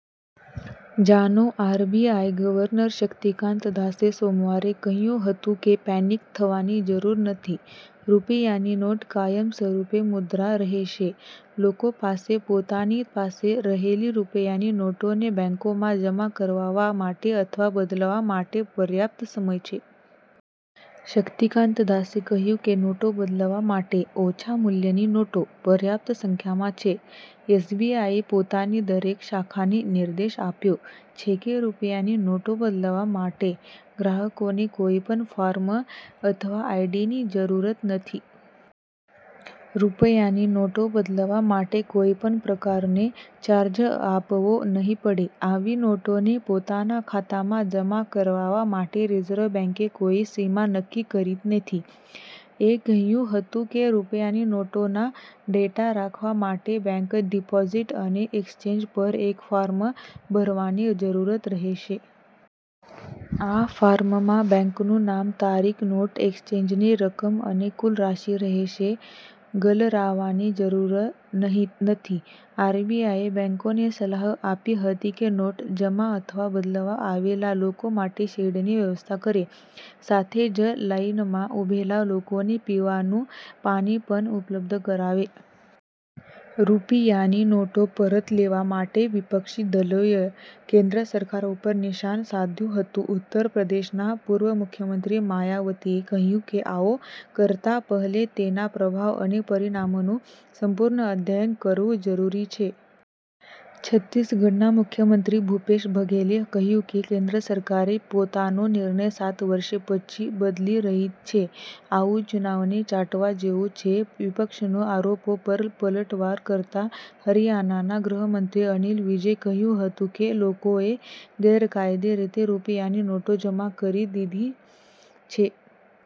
જાણો RBI governor Shaktikanta દાસે સોમવારે કહ્યું હતું કે પેનિક થવાની જરૂર નથી. રૂપિયાની નોટ કાયદેસરની મુદ્રા રહેશે. લોકો પાસે પોતાની પાસે રહેલી રૂપિયાની નોટોને બેંકોમાં જમા કરાવવા માટે અથવા બદલવા માટે પર્યાપ્ત સમય છે. – શક્તિકાંત દાસે કહ્યું કે નોટો બદલવા માટે ઓછા મૂલ્યની નોટો પર્યાપ્ત સંખ્યામાં છે. એસબીઆઈએ પોતાની દરેક બ્રાંચોને નિર્દેશ આપ્યો છે કે રૂપિયાની નોટો બદલવા માટે ગ્રાહકોને કોઈપણ ફોર્મ અથવા આઇડીની જરૂરત નથી. – રૂપિયાની નોટો બદલવા માટે કોઈપણ પ્રકારનો ચાર્જ આપવો નહીં પડે. આવી નોટોને પોતાના ખાતામાં જમા કરાવવા માટે રિઝર્વ બેન્કે કોઈ સીમા નક્કી કરી નથી. – એ કહ્યું હતું કે રૂપિયાની નોટોનો ડેટા રાખવા માટે બેંકે ડિપોઝિટ અને એક્સચેન્જ પર એક ફોર્મ ભરવાની જરૂરત રહેશે. આ ફોર્મમાં બેંકનું નામ તારીખ, નોટ એક્સચેન્જની રકમ અને કુલ રાશિ રહેશે. – ગર્મીને જોતા આરબીઆઈએ બેંકોને સલાહ આપી હતી કે નોટ જમા અથવા બદલવા આવેલા લોકો માટે શેડની વ્યવસ્થા કરે. સાથે જ લાઇનમાં ઉભેલા લોકોને પીવાનું પાણી પણ ઉપલબ્ધ કરાવે. – રૂપિયાની નોટો પરત લેવા માટે વિપક્ષી દળોએ કેન્દ્ર સરકાર ઉપર નિશાન સાધ્યું હતું. ઉત્તર પ્રદેશના પૂર્વ મુખ્યમંત્રી માયાવતીએ કહ્યું કે આવું કરતા પહેલા તેના પ્રભાવ અને પરિણામનું સંપૂર્ણ અધ્યયન કરવું જરૂરી છે. છત્તીસગઢના મુખ્યમંત્રી ભૂપેશ બઘેલે કહ્યું કે કેન્દ્ર સરકારે પોતાનો નિર્ણય સાત વર્ષ પછી બદલી રહી છે. આવું થૂંકીને ચાટવા જેવું છે. – વિપક્ષનો આરોપો પર પલટવાર કરતા હરિયાણાના ગૃહમંત્રી અનિલ વિજે કહ્યું હતું કે લોકોએ ગેરકાયદે રીતે રૂપિયાની નોટો જમા કરી દીધી છે.